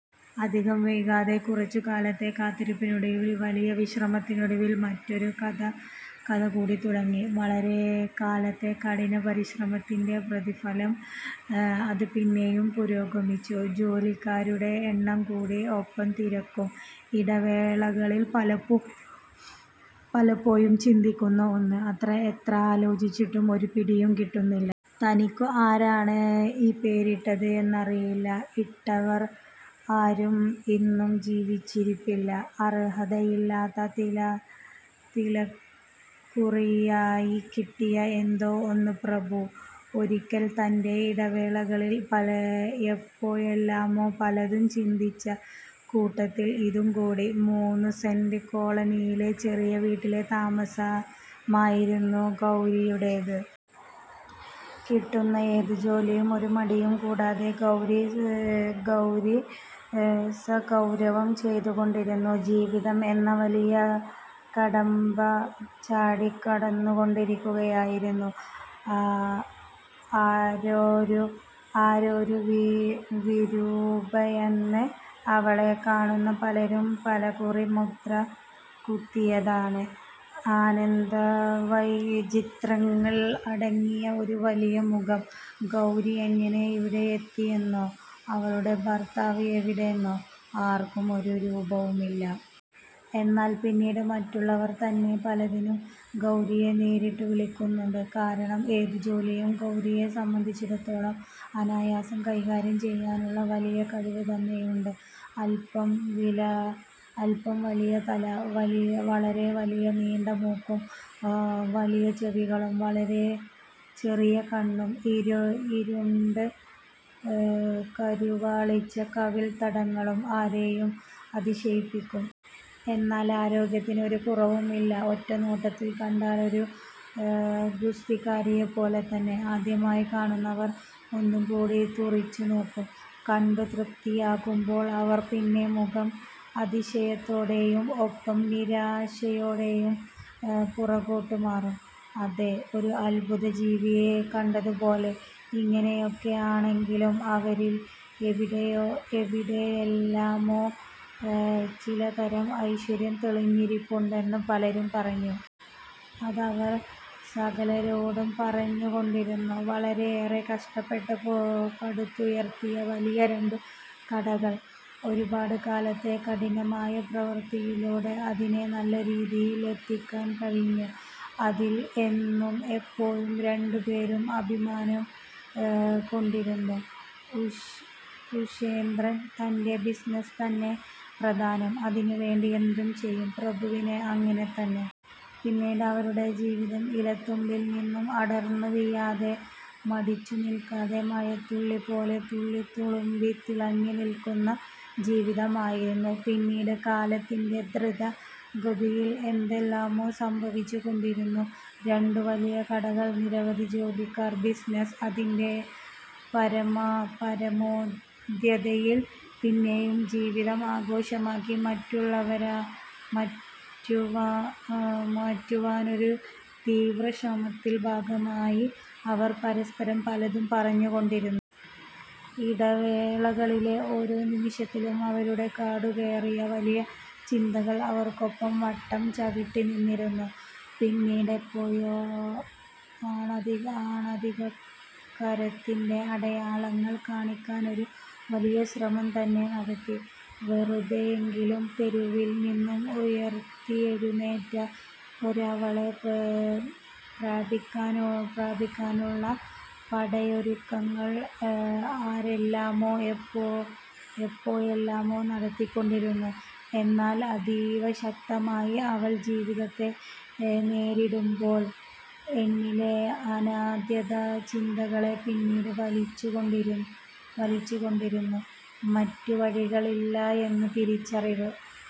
അധികം വൈകാതെ കുറച്ചു കാലത്തെ കാത്തിരിപ്പിനൊടുവിൽ വളരെ വലിയ പരിശ്രമത്തിനൊടുവിൽ മറ്റൊരു കട കൂടി തുടങ്ങി. വളരെ കാലത്തെ കഠിനപരിശ്രമത്തിന്റ പരിണിതഫലം, അത് പിന്നെയും പുരോഗമിച്ചു. ജോലിക്കാരുടെ എണ്ണം കൂടി, ഒപ്പം തിരക്കും.. ഇടവേളകളിൽ പലപ്പോഴും ചിന്തിക്കുന്ന ഒന്ന്, എത്ര ആലോചിച്ചിട്ടും ഒരു പിടിയും കിട്ടുന്നില്ല. തനിക്കു ആരാണ് ഈ പേരിട്ടത് എന്ന് അറിയില്ല, ഇട്ടവർ ആരും ഇന്നു ജീവിച്ചിരിപ്പില്ല. അർഹതയില്ലാതെ തിലകക്കുറിയായി കിട്ടിയ എന്തോ ഒന്ന്. 'പ്രഭു. ' ഒരിക്കൽ തന്റെ ഇടവേളകളിൽ എപ്പോഴെല്ലാമോ പലതും ചിന്തിച്ച കൂട്ടത്തിൽ ഇതും കൂടി. മൂന്നു സെന്റ് കോളനിയിലെ ചെറിയ വീട്ടിലെ താമസമായിരുന്നു ഗൗരിയുടേത്. കിട്ടുന്ന ഏതു ജോലിയും ഒരു മടിയും കൂടാതെ ഗൗരി സഗൗരവം ചെയ്തുകൊണ്ടിരുന്നു. ജീവിതം എന്ന വലിയ കടമ്പ ചാടി കടന്നുകൊണ്ടിരുന്നു. ആളൊരു വിരൂപയാണെന്ന് അവളെ കാണുന്ന പലരും പലകുറി മുദ്ര കുത്തിയതാണ്. അനന്ത വൈചിത്ര്യങ്ങൾ അടങ്ങിയ ഒരു വലിയ മുഖം. ഗൗരി എങ്ങനെ ഇവിടെ എത്തിയെന്നോ അവളുടെ ഭർത്താവ് എവിടെയെന്നോ ആർക്കും ഒരു രൂപവുമില്ല. എന്നാൽ പിന്നീട് മറ്റുള്ളവർ തന്നെ പലതിനും ഗൗരിയെ നേരിട്ടു വിളിക്കാറുണ്ട്. കാരണം ഏതു ജോലിയും ഗൗരിയെ സംബന്ധിച്ചിടത്തോളം അനായാസം കൈകാര്യം ചെയ്യാനുള്ള വലിയ കഴിവ് തന്നെയുണ്ട്. അൽപ്പം വലിയതല, വളരെ വലിയ നീണ്ട മൂക്കും, വലിയ ചെവികളും വളരെ ചെറിയ കണ്ണും ഇരുണ്ടു കരുവാളിച്ച കവിൾ തടങ്ങളും ആരെയും അതിശയിപ്പിക്കും. എന്നാൽ ആരോഗ്യത്തിന് ഒരു കുറവും ഇല്ല. ഒറ്റനോട്ടത്തിൽ കണ്ടാൽ ഒരു ഗുസ്തിക്കാരിയെപ്പോലെ തന്നെ, ആദ്യമായി കാണുന്നവർ ഒന്നുകൂടി തുറിച്ചു നോക്കും, കണ്ടു തൃപ്തിയാകുമ്പോൾ അവർ പിന്നെ മുഖം അതിശയത്തോടെയും, ഒപ്പം നിരാശയോടെയും പുറകോട്ട് മാറ്റും. ഏതോ ഒരു അത്ഭുത ജീവിയെ കണ്ടതുപോലെ... ഇങ്ങനെയൊക്കെ ആണെങ്കിലും അവരിൽ എവിടെയെല്ലാമോ ചിലതരം ഐശ്വര്യം ഒളിഞ്ഞിരിപ്പുണ്ടെന്നു പലരും പറഞ്ഞു. അതവർ സകലരോടും പറഞ്ഞുകൊണ്ടിരുന്നു. വളരെയേറെ കഷ്ടപ്പെട്ട് പടുത്തുയർത്തിയ വലിയ രണ്ടു കടകൾ, ഒരുപാട് കാലത്തെ കഠിനമായ പ്രവൃത്തിയിലൂടെ അതിനെ നല്ലരീതിയിൽ എത്തിക്കാൻ കഴിഞ്ഞു അതിൽ എന്നും എപ്പോഴും രണ്ടു പേരും അഭിമാനം കൊണ്ടിരുന്നു. ഉഷേന്ദ്രന് തന്റെ ബിസിനസ് തന്നെ പ്രധാനം. അതിനുവേണ്ടി എന്തും ചെയ്യും. പ്രഭുവിനും അങ്ങനെ തന്നെ. പിന്നീട് അവരുടെ ജീവിതം ഇലത്തുമ്പിൽ നിന്നും അടർന്നു വീഴാതെ മടിച്ചു നിൽക്കുന്ന മഴത്തുള്ളിപോലെ, തുള്ളി തുളുമ്പിതിളങ്ങി നിൽക്കുന്ന ജീവിതമായിരുന്നു. പിന്നീട് കാലത്തിന്റെ ധൃത ഗതിയിൽ എന്തെല്ലാമോ സംഭവിച്ചുകൊണ്ടിരുന്നു. രണ്ടു വലിയ കടകൾ നിരവധി ജോലിക്കാർ, ബിസിനസ് അതിന്റെ പാരമ്യതയിൽ. പിന്നെയും ജീവിതം ആഘോഷമാക്കി മാറ്റുവാനൊരു തീവ്ര ശ്രമത്തിന്റ ഭാഗമായി അവർ പരസ്പരം പലതും പറഞ്ഞു കൊണ്ടിരുന്നു. ഇടവേളകളിലെ ഓരോ നിമിഷത്തിലും അവരുടെ കാടു കയറിയ വലിയ ചിന്തകൾ അവർക്കൊപ്പം വട്ടം ചവിട്ടി നിന്നിരുന്നു. പിന്നീട് എപ്പോഴോ ആണധികാരത്തിന്റെ അടയാളങ്ങൾ കാണിക്കാൻ ഒരു വലിയ ശ്രമം തന്നെ നടത്തി. വെറുതെയെങ്കിലും തെരുവിൽ നിന്നും ഉയർത്തെഴുന്നേറ്റ ഒരുവളെ പ്രാപിക്കാനുള്ള, പടയൊരുക്കങ്ങൾ ആരെല്ലാമോ എപ്പോഴെല്ലാമോ നടത്തികൊണ്ടിരുന്നു. എന്നാൽ അതീവ ശാന്തമായി അവൾ ജീവിതത്തെ നേരിടുമ്പോൾ തന്നിലെ അനാഥത്യ ചിന്തകളെ പിന്നോട്ട് വലിച്ചു കൊണ്ടിരുന്നു. മറ്റു വഴികൾ ഇല്ലെന്ന തിരിച്ചറിവ്